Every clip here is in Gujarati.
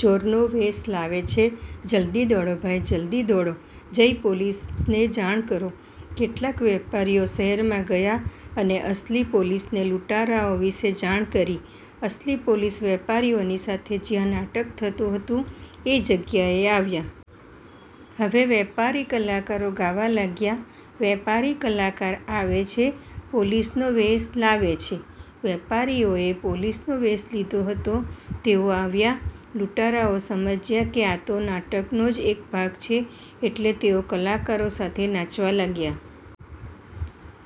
ચોરનો વેશ લાવે છે. જલ્દી દોડો ભાઈ જલ્દી દોડો, જઈ પોલીસને જાણ કરો". કેટલાક વેપારીઓ શહેરમાં ગયા અને અસલી પોલીસને લૂંટારાઓ વિષે જાણ કરી. અસલી પોલીસ વેપારીઓની સાથે જયાં નાટક થતું હતું એ જગ્યાએ આવ્યા. હવે વેપારી કલાકારો ગાવા લાગ્યા: "વેપારી કલાકાર આવે છે. પોલીસનો વેશ લાવે છે". વેપારીઓએ પોલીસનો વેશ લીધો હતો તેઓ આવ્યા. લૂંટારાઓ સમજ્યા કે આ તો નાટકનો જ એક ભાગ છે એટલે તેઓ કલાકારો સાથે નાચવા લાગ્યા.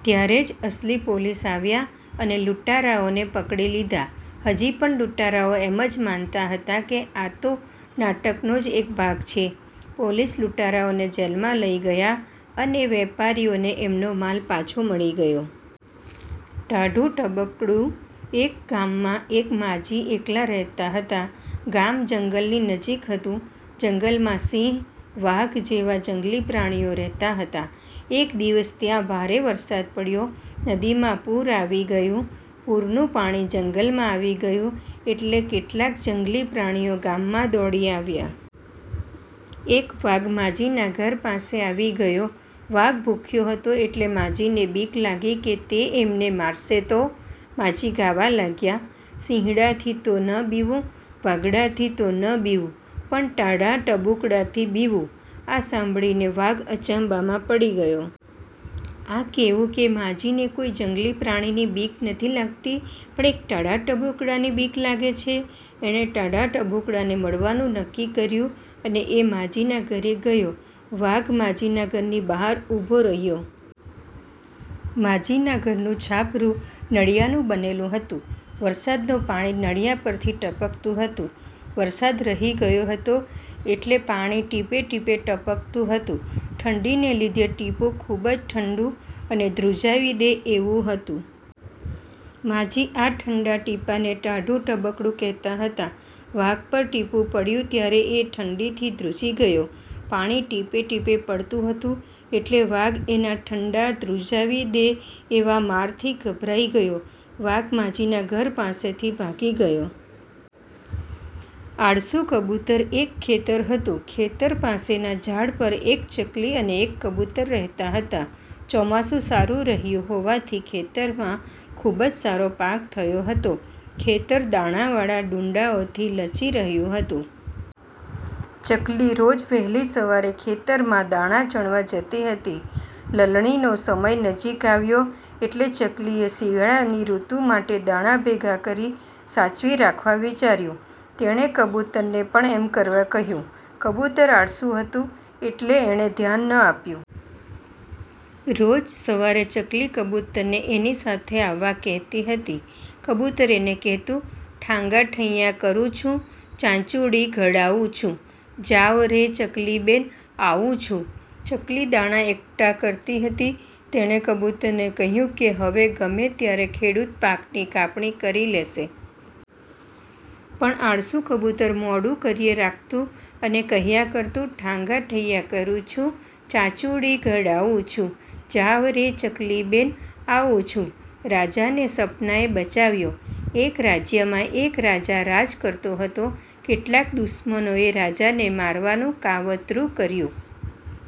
ત્યારે જ અસલી પોલીસ આવ્યા અને લૂંટારાઓને પકડી લીધા. હજી પણ લૂંટારાઓ એમ જ માનતા હતા કે આ તો નાટકનો જ એક ભાગ છે! પોલીસ લૂંટારાઓને જેલમાં લઇ ગયા અને વેપારીઓને એમનો માલ પાછો મળી ગયો. ટાઢું ટબુકડું એક ગામમાં એક માજી એકલાં રહેતાં હતાં. ગામ જંગલની નજીક હતું. જંગલમાં સિંહ, વાઘ જેવા જંગલી પ્રાણીઓ રહેતા હતા. એક દિવસ ત્યાં ભારે વરસાદ પડ્યો. નદીમાં પૂર આવી ગયું. પૂરનું પાણી જંગલમાં આવી ગયું એટલે કેટલાક જંગલી પ્રાણીઓ ગામમાં દોડી આવ્યા. એક વાઘ માજીના ઘર પાસે આવી ગયો. વાઘ ભૂખ્યો હતો એટલે માજીને બીક લાગીકે તે એમને મારશે તો? માજી ગાવા લાગ્યાં: સિંહડાથી ન બીવું, વાઘડાથી ન બીવું, પણ ટાઢા ટબુકડાથી બીવું". આ સાંભળીને વાઘ અચંબામાં પડી ગયો. આ કેવું કે માજીને કોઈ જંગલી પ્રાણીની બીક નથી લાગતી પણ એક ટાઢા ટબુકડાની બીક લાગે છે? એણે ટાઢા ટબુકડાને મળવાનું નક્કી કર્યું અને એ માજીના ઘરે ગયો. વાઘ માજીના ઘરની બહાર ઊભો રહ્યો. માજીના ઘરનું છાપરું નળિયાનું બનેલું હતું. વરસાદનું પાણી નળિયા પરથી ટપકતું હતું. વરસાદ રહી ગયો હતો એટલે પાણી ટીપે ટીપે ટપકતું હતું. ઠંડીને લીધે ટીપું ખુબ જ ઠંડુ અને ધ્રુજાવી દે એવું હતું. માજી આ ઠંડા ટીપાંને ટાઢું ટબુકડું કહેતાં હતાં. વાઘ પર ટીપું પડ્યું ત્યારે એ ઠંડીથી ધ્રુજી ગયો. પાણી ટીપે ટીપે પડતું હતું એટલે વાઘ એના ઠંડા, ધ્રુજાવી દે એવા મારથી ગભરાઈ ગયો. વાઘ માજીના ઘર પાસેથી ભાગી ગયો. આળસુ કબૂતર એક ખેતર હતું. ખેતર પાસેના ઝાડ પર એક ચકલી અને એક કબૂતર રહેતાં હતાં. ચોમાસું સારું રહ્યું હોવાથી ખેતરમાં ખુબ જ સારો પાક થયો હતો. ખેતર દાણા વાળા ડૂંડાઓથી લચી રહ્યું હતું. ચકલી રોજ વહેલી સવારે ખેતરમાં દાણા ચણવા જતી હતી. લણણી નો સમય નજીક આવ્યો એટલે ચકલીએ શિયાળાની ઋતુ માટે દાણા ભેગા કરી સાચવી રાખવા વિચાર્યું. તેણે કબૂતરને પણ એમ કરવા કહ્યું. કબૂતર આળસુ હતું એટલે એણે ધ્યાન ન આપ્યું. રોજ સવારે ચકલી કબૂતરને એની સાથે આવવા કહેતી હતી. કબૂતર એને કહેતું: "ઠાગા ઠૈયા કરું છું.. ચાંચુડી ઘડાવું છું... જાવ રે ચકલીબેન આવું છું.. " ચકલી દાણા એકઠા કરતી હતી. તેણે કબૂતરને કહ્યું કે હવે ગમે ત્યારે ખેડૂત પાકની કાપણી કરી લેશે. પણ આળસુ કબૂતર મોડું કર્યે રાખતું અને કહ્યા કરતું: "ઠાગા ઠૈયા કરું છું.. ચાંચુડી ઘડાવું છું... જાવ રે ચકલીબેન આવું છું.. " રાજાને સપનાએ બચાવ્યો!! એક રાજ્યમાં એક રાજા રાજ કરતો હતો. કેટલાક દુશ્મનોએ રાજાને મારવાનું કાવતરું કર્યું.